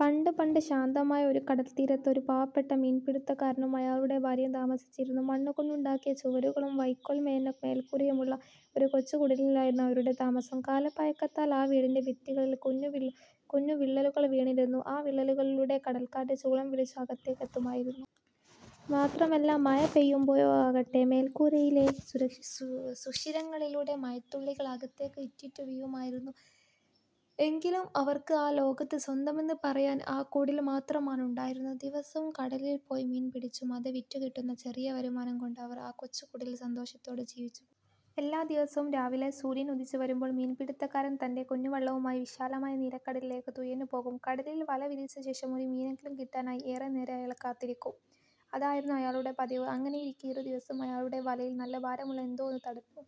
പണ്ട് പണ്ട്, ശാന്തമായ ഒരു കടൽത്തീരത്ത് ഒരു പാവപ്പെട്ട മീൻപിടുത്തക്കാരനും അയാളുടെ ഭാര്യയും താമസിച്ചിരുന്നു. മണ്ണു കൊണ്ടുണ്ടാക്കിയ ചുവരുകളും വൈക്കോൽ മേഞ്ഞ മേൽക്കൂരയുമുള്ള ഒരു കൊച്ചു കുടിലിലായിരുന്നു അവരുടെ താമസം. കാലപ്പഴക്കത്താൽ ആ വീടിന്റെ ഭിത്തികളിൽ കുഞ്ഞു വിള്ളലുകൾ വീണിരുന്നു. ആ വിള്ളലുകളിലൂടെ കടൽക്കാറ്റ് ചൂളംവിളിച്ചു അകത്തേക്ക് എത്തുമായിരുന്നു. മാത്രമല്ല മഴ പെയ്യുമ്പോഴാകട്ടെ, മേൽക്കൂരയിലെ സുരക്ഷ സുഷിരങ്ങളിലൂടെ മഴത്തുള്ളികൾ അകത്തേക്ക് ഇറ്റിറ്റു വീഴുമായിരുന്നു. എങ്കിലും, അവർക്ക് ആ ലോകത്ത് സ്വന്തമെന്ന് പറയാൻ ആ കുടിൽ മാത്രമാണുണ്ടായിരുന്നത്. ദിവസവും കടലിൽ പോയി മീൻ പിടിച്ചും, അത് വിറ്റു കിട്ടുന്ന ചെറിയ വരുമാനം കൊണ്ട് അവർ ആ കൊച്ചു കുടിലിൽ സന്തോഷത്തോടെ ജീവിച്ചു പോന്നു. എല്ലാ ദിവസവും രാവിലെ, സൂര്യൻ ഉദിച്ചു വരുമ്പോൾ മീൻപിടിത്തക്കാരൻ തന്റെ കുഞ്ഞു വള്ളവുമായി വിശാലമായ നീലക്കടലിലേക്ക് തുഴഞ്ഞു പോകും. കടലിൽ വല വിരിച്ച ശേഷം ഒരു മീനെങ്കിലും കിട്ടാനായി ഏറെ നേരം അയാൾ കാത്തിരിക്കും. അതായിരുന്നു അയാളുടെ പതിവ്. അങ്ങനെയിരിക്കെ ഒരു ദിവസം, അയാളുടെ വലയിൽ നല്ല ഭാരമുള്ള എന്തോ ഒന്ന് തടഞ്ഞു.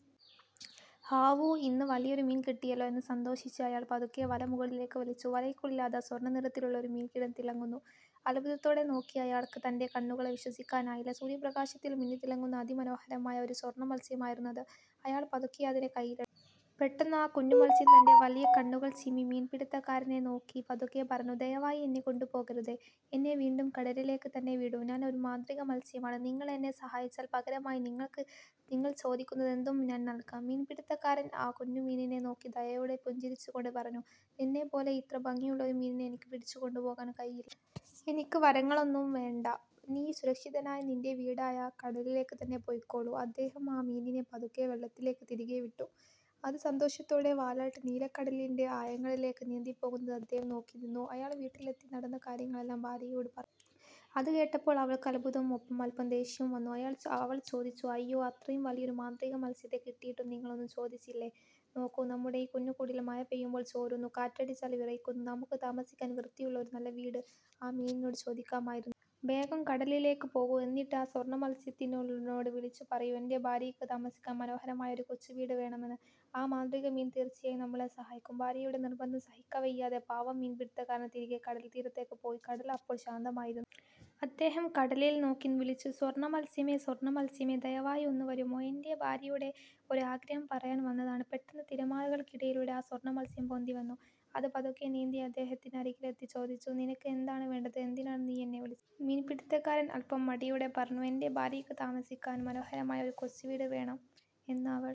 "ഹാവൂ, ഇന്ന് വലിയൊരു മീൻ കിട്ടിയല്ലോ! " എന്ന് സന്തോഷിച്ച് അയാൾ പതുക്കെ വല മുകളിലേക്ക് വലിച്ചു. വലയ്ക്കുള്ളിൽ അതാ സ്വർണ്ണനിറത്തിലുള്ള ഒരു മീൻ കിടന്ന് തിളങ്ങുന്നു! അത്ഭുതത്തോടെ നോക്കിയ അയാൾക്ക് തന്റെ കണ്ണുകളെ വിശ്വസിക്കാനായില്ല. സൂര്യപ്രകാശത്തിൽ മിന്നിത്തിളങ്ങുന്ന അതിമനോഹരമായ ഒരു സ്വർണ്ണമത്സ്യമായിരുന്നു അത്. അയാൾ പതുക്കെ അതിനെ കൈയിലെടുത്തു. പെട്ടെന്ന് ആ കുഞ്ഞു മത്സ്യം തന്റെ വലിയ കണ്ണുകൾ ചിമ്മി മീൻപിടിത്തക്കാരനെ നോക്കി പതുക്കെ പറഞ്ഞു: "ദയവായി എന്നെ കൊണ്ടുപോകരുതേ! എന്നെ വീണ്ടും കടലിലേക്ക് തന്നെ വിടൂ. ഞാൻ ഒരു മാന്ത്രിക മത്സ്യമാണ്. നിങ്ങൾ എന്നെ സഹായിച്ചാൽ, പകരമായി നിങ്ങൾ ചോദിക്കുന്നതെന്തും ഞാൻ നൽകാം! " മീൻപിടിത്തക്കാരൻ ആ കുഞ്ഞു മീനിനെ നോക്കി ദയയോടെ പുഞ്ചിരിച്ചുകൊണ്ട് പറഞ്ഞു: "നിന്നെപ്പോലെ ഇത്ര ഭംഗിയുള്ള ഒരു മീനിനെ എനിക്ക് പിടിച്ചു കൊണ്ടുപോകാൻ കഴിയില്ല. എനിക്ക് വരങ്ങളൊന്നും വേണ്ട, നീ സുരക്ഷിതനായി നിന്റെ വീടായ കടലിലേക്ക് തന്നെ പൊയ്ക്കോളൂ. " അദ്ദേഹം ആ മീനിനെ പതുക്കെ വെള്ളത്തിലേക്ക് തിരികെ വിട്ടു. അത് സന്തോഷത്തോടെ വാലാട്ടി നീലക്കടലിന്റെ ആഴങ്ങളിലേക്ക് നീന്തിപ്പോകുന്നത് അദ്ദേഹം നോക്കി നിന്നു. അയാൾ വീട്ടിലെത്തി നടന്ന കാര്യങ്ങളെല്ലാം ഭാര്യയോട് പറഞ്ഞു. അത് കേട്ടപ്പോൾ അവൾക്ക് അത്ഭുതവും ഒപ്പം അല്പം ദേഷ്യവും വന്നു. അവൾ ചോദിച്ചു "അയ്യോ! അത്രയും വലിയൊരു മാന്ത്രിക മത്സ്യത്തെ കിട്ടിയിട്ടും നിങ്ങൾ ഒന്നും ചോദിച്ചില്ലേ? നോക്കൂ, നമ്മുടെ ഈ കുഞ്ഞു കുടിൽ മഴ പെയ്യുമ്പോൾ ചോരുന്നു, കാറ്റടിച്ചാൽ വിറയ്ക്കുന്നു. നമുക്ക് താമസിക്കാൻ വൃത്തിയുള്ള ഒരു നല്ല വീട് ആ മീനിനോട് ചോദിക്കാമായിരുന്നില്ലേ? വേഗം കടലിലേക്ക് പോകൂ. എന്നിട്ട് ആ സ്വർണ്ണമത്സ്യത്തിനോട് വിളിച്ചു പറയൂ: എന്റെ ഭാര്യയ്ക്ക് താമസിക്കാൻ മനോഹരമായ ഒരു കൊച്ചു വീട് വേണം എന്ന്. ആ മാന്ത്രിക മീൻ തീർച്ചയായും നമ്മളെ സഹായിക്കും! " ഭാര്യയുടെ നിർബന്ധം സഹിക്കവയ്യാതെ പാവം മീൻപിടിത്തക്കാരൻ തിരികെ കടൽത്തീരത്തേക്ക് പോയി. കടൽ അപ്പോൾ ശാന്തമായിരുന്നു. അദ്ദേഹം കടലിൽ നോക്കി വിളിച്ചു "സ്വർണ്ണമത്സ്യമേ, സ്വർണ്ണമത്സ്യമേ, ദയവായി ഒന്ന് വരുമോ? എന്റെ ഭാര്യയുടെ ഒരു ആഗ്രഹം പറയാൻ വന്നതാണ്. " പെട്ടെന്ന്, തിരമാലകൾക്കിടയിലൂടെ ആ സ്വർണ്ണമത്സ്യം പൊന്തിവന്നു. അത് പതുക്കെ നീന്തി അദ്ദേഹത്തിന് അരികിലെത്തി ചോദിച്ചു: "നിനക്ക് എന്താണ് വേണ്ടത്? എന്തിനാണ് നീ എന്നെ വിളിച്ചത്? " മീൻപിടിത്തക്കാരൻ അല്പം മടിയോടെ പറഞ്ഞു: "എന്റെ ഭാര്യയ്ക്ക് താമസിക്കാൻ മനോഹരമായ ഒരു കൊച്ചു വീട് വേണം എന്ന് അവൾ